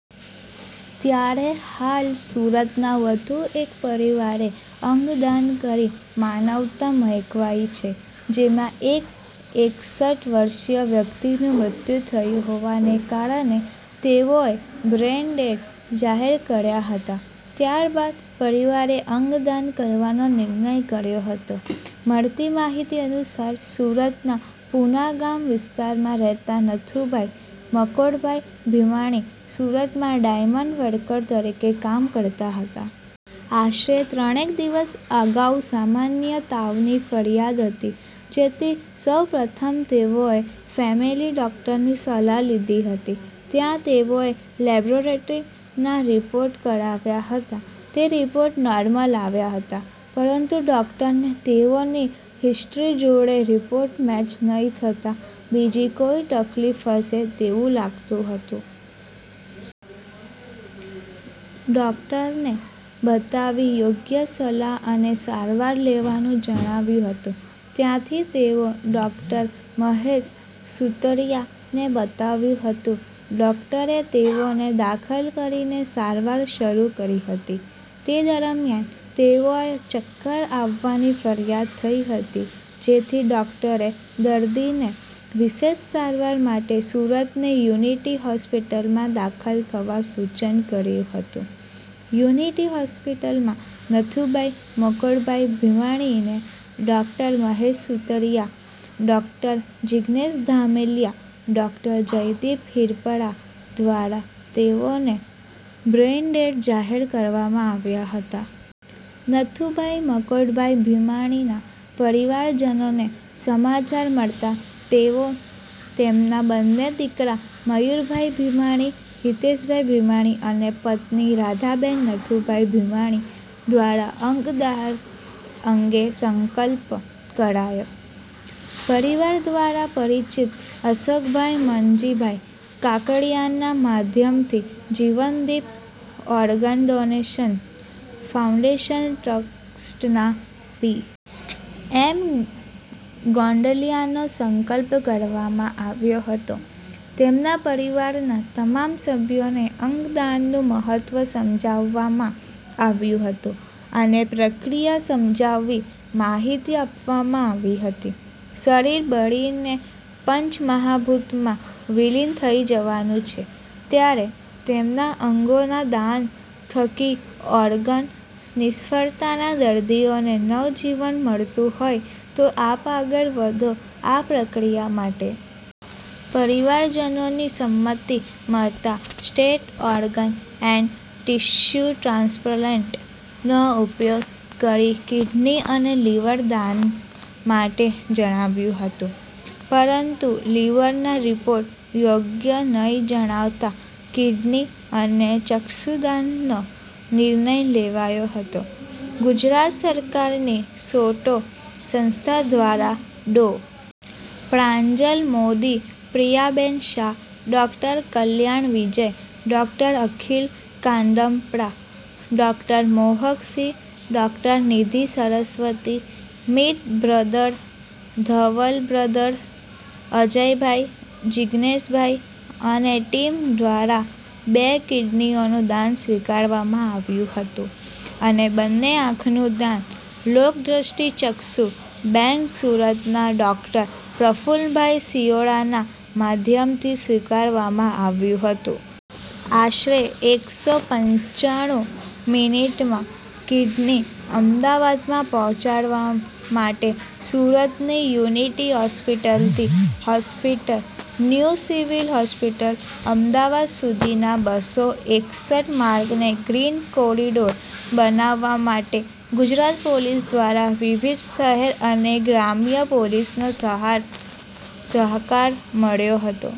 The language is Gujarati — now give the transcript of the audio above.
ત્યારે હાલ સુરતના વધુ એક પરિવારે અંગદાન કરી માનવતા મહેકાવી છે. જેમાં એક એકસઠ વર્ષીય વ્યક્તિનું મૃત્યુ થયું હોવાને કારણે તેઓને બ્રેઇનડેડ જાહેર કર્યા હતા. ત્યારબાદ પરિવારે અંગદાન કરવાનો નિર્ણય કર્યો હતો. મળતી માહિતી અનુસાર, સુરતના પુણાગામ વિસ્તારમાં રહેતા નથુભાઈ મકોડભાઈ ભીમાણી સુરતમાં ડાયમંડ વર્કર તરીકે કામ કરતા હતા. આશરે ત્રણેક દિવસ અગાઉ સામાન્ય તાવની ફરિયાદ હતી, જેથી સૌ પ્રથમ તેઓએ ફેમેલી ડોક્ટરની સલાહ લીધી હતી, ત્યાં તેઓએ લેબોરેટરી ના રીપોર્ટ કરાવ્યા હતા, તે રીપોર્ટ નોર્મલ આવ્યા હતા પરંતુ ડોક્ટરને તેઓની હિસ્ટ્રી જોડે રીપોર્ટ મેચ નહી થતા, બીજી કોઈ તકલીફ હશે તેવું લાગતું હતું. ડોક્ટરને બતાવી યોગ્ય સલાહ અને સારવાર લેવાનું જણાવ્યું હતું, ત્યાંથી તેઓ ડોક્ટર મહેશ સુતરીયા ને બતાવ્યું હતું, ડોકટરે તેઓને દાખલ કરીને સારવાર શરુ કરી હતી, તે દરમ્યાન તેઓને ચક્કર આવવાની ફરિયાદ થઈ હતી, જેથી ડોકટરે દર્દીને વિશેષ સારવાર માટે સુરતની યુનિટી હોસ્પીટલમાં દાખલ થવા સૂચન કર્યું હતું યુનિટી હોસ્પીટલમાં નથુભાઈ મકોડભાઈ ભીમાણીને doctor Mahesh Sutariya, doctor Jignesh Dhameliya, doctor Jaydeep Hirpara દ્વારા તેઓને બ્રેઈનડેડ જાહેર કરવામાં આવ્યા હતા. નથુભાઈ મકોડભાઈ ભીમાણીના પરિવારજનોને સમાચાર મળતા તેમના બંને દીકરા મયુરભાઈ ભીમાણી, હિતેશભાઈ ભીમાણી અને પત્ની રાધાબેન નથુભાઈ ભીમાણી દ્વારા અંગદાન અંગે સંકલ્પ કરાયો. પરિવાર દ્વારા પરિચિત અશોકભાઈ મનજીભાઈ કાકડિયાના માધ્યમથી જીવનદીપ ઓર્ગનડોનેશન ફાઉન્ડેશન ટ્રસ્ટના પી. એમ. ગોંડલિયાનો સંપર્ક કરવામાં આવ્યો હતો, તેમના પરિવારના તમામ સભ્યોને અંગદાનનું મહત્વ સમજાવવામાં આવ્યું હતું અને પ્રક્રિયા સમજાવી માહિતી આપવામાં આવી હતી. શરીર બળીને પંચમહાભૂતમાં વિલીન થઈ જવાનું છે, ત્યારે તેમના અંગોના દાન થકી ઓર્ગન નિષ્ફળતાના દર્દીઓને નવજીવન મળતું હોઈ તો આપ આગળ વધો આ પ્રક્રિયા માટે. પરિવારજનોની સંમતી મળતા state organ and tissue transplant નો સંપર્ક કરી કીડની અને લીવર દાન માટે જણાવ્યું હતું. પરંતુ લીવરના રીપોર્ટ યોગ્ય નહીં જણાતા કિડની અને ચક્ષુદાન નો નિર્ણય લેવાયો હતો. ગુજરાત સરકારની સોટો સંસ્થા દ્વારા ડો. Pranjal Modi, Priyaben Shah, doctor Kalyan Vijay, doctor Akhil Kandpara, doctor Mohak Singh, doctor Nidhi Saraswati, Mit brother, Dhaval brother, Ajaybhai, Jigneshbhai અને ટિમ દ્વારા બે કીડનીનું દાન સ્વીકારવામાં આવ્યું હતું, અને બંને આંખનું દાન લોક્દ્રષ્ટિ ચક્ષુ બેંક સુરતના ડોક્ટર પ્રફુલભાઈ શિરોયાના માધ્યમથી સ્વીકારવામાં આવ્યું હતું. આશરે એકસો પંચાણું મીનીટમાં કીડની અમદાવાદમાં પહોંચાડવા માટે સુરતની યુનિટી હોસ્પિટલ થી hospital, new civil hospital, Ahmedabad સુધીના બસો એકસઠ માર્ગને ગ્રીન કોરીડોર બનાવવા માટે ગુજરાત પોલીસ દ્વારા વિવિધ શહેર અને ગ્રામ્ય પોલીસનો સહકાર મળ્યો હતો.